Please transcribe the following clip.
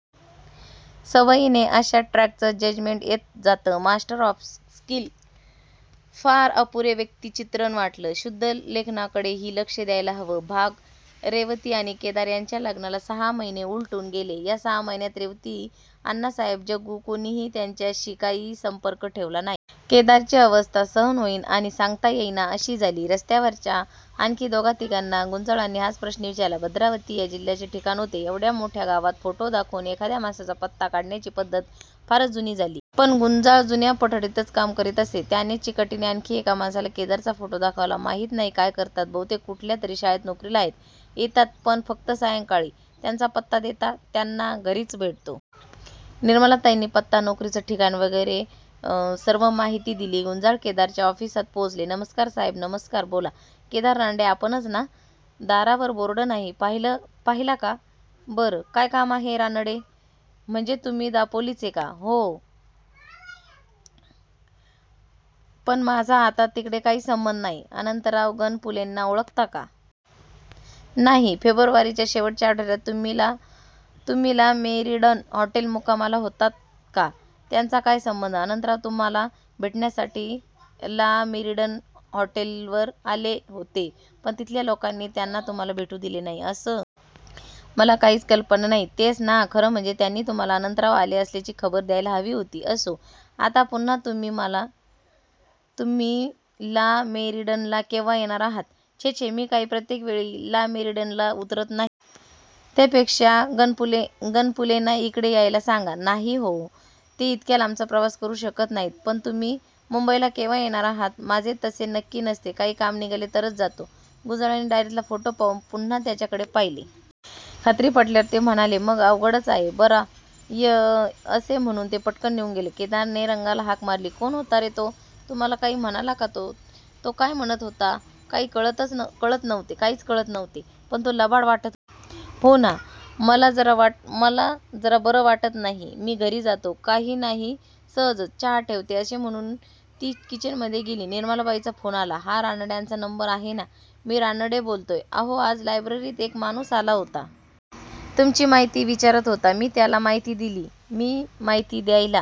सवयीने अशा ट्रॅकचं जजमेंट येत जातं. Master of skill. फार अपुरे व्यक्तिचित्रण वाटलं. शुद्ध लेखनाकडे ही लक्ष द्यायला हवं. भाग:-रेवती आणि केदार यांच्या लग्नाला सहा महिने उलटून गेले. या सहा महिन्यात रेवती, अण्णासाहेब, जग्गू कोणीही त्याच्याशी काहीही सम्पर्क ठेवला नाही. केदारची अवस्था 'सहन होइन आणि सांगता येईना' अशी झाली. रस्त्यावरच्या आणखी दोघा तिघांना गुंजाळानी हाच प्रश्न विचारला. भद्रावती हे जिल्ह्याचे ठिकाण होते. एवढ्या मोठ्या गावात फोटो दाखवून एखाद्या माणसाचा पत्ता काढण्याची पद्धत फारच जुनी झाली. पण गुंजाळ जुन्या पठडीतच काम करीत असे. त्याने चिकाटीने आणखी एका माणसाला केदारचा फोटो दाखवला. "माहित नाही ""काय करतात? ""बहुतेक कुठल्यातरी शाळेत नोकरीला आहेत. ""येतात पण फक्त सायंकाळी. ""त्यांचा पत्ता देता? त्यांना घरीच भेटतो. "निर्मलताईनी पत्ता, नोकरीचे ठिकाण वगैरे सर्व माहिती दिली. गुंजाळ केदारच्या ऑफिसात पोहोचले. "नमस्कार साहेब ""नमस्कार. बोला ""केदार रानडे आपणच ना? दारावर बोर्ड नाही पहिला का? बर! काय काम आहे ""रानडे म्हणजेतुम्ही? दापोलीचे का? ""हो पण माझा आता तिकडे काही संबंध नाही ""अनंतराव गणपुलेना ओळखता का? ""नाही "" फेब्रुवारीच्या शेवटच्या आठवड्यात तुम्ही ला मेरीडन हॉटेल मुक्कामाला होता का? "" त्याचा काय संबंध? ""अनंतराव तुम्हाला भेटण्यासाठी ला मेरीडन हॉटेलवर आले होते. पण तिथल्या लोकांनी त्यांना तुम्हाला भेटू दिले नाही ""अस? मला काहीच कल्पना नाही " "तेच ना. खर म्हणजे त्यांनी तुम्हाला अनंतराव आले असल्याची खबर द्यायला हवी होती. "असो! आता पुन्हा तुम्ही ला मेरीडनला केंव्हा येणार आहात? ""छे, छे. मी काही प्रत्येक वेळी ला मेरीडनला उतरत नाही. त्यापेक्षा गणपुलेना इकडे यायला सांगा. ""नाही हो. ते इतक्या लांबचा प्रवास करू शकत नाहीत. पण तुम्ही मुम्बइला केंव्हा येणार आहात. ""माझे तसे नक्की नसते. काही काम निघाले तरच जातो. "गुंजाळनी डायरीतला फोटो पाहून पुन्हा त्याच्याकडे पहिले. खात्री पटल्यावर ते म्हणाले"मग अवघडच आहे. बरा य" असे म्हणून ते पटकन निघून गेले. केदारने रंगाला हाक मारली "कोण होता रे तो? "" तुम्हाला काही म्हणाला का तो "." तो काय म्हणत होता काहीच कळत नव्हते"" पण तो लबाड वाटत होता. ""हो ना! मला जरा बर वाटत नाही. मी घरी जातो "" काही नाही सहजच". "चहा ठेवते" असे म्हणून ती किचनमध्ये गेली. निर्मलाबाईंचा फोन आला. "हा रानड्यांचा नंबर आहे ना? मी रानडे बोलतोय. ""अहो आज लायब्ररीत एक माणूस आला होता. तुमची माहिती विचारात होता. मी त्याला माहिती दिली. मी माहिती द्यायला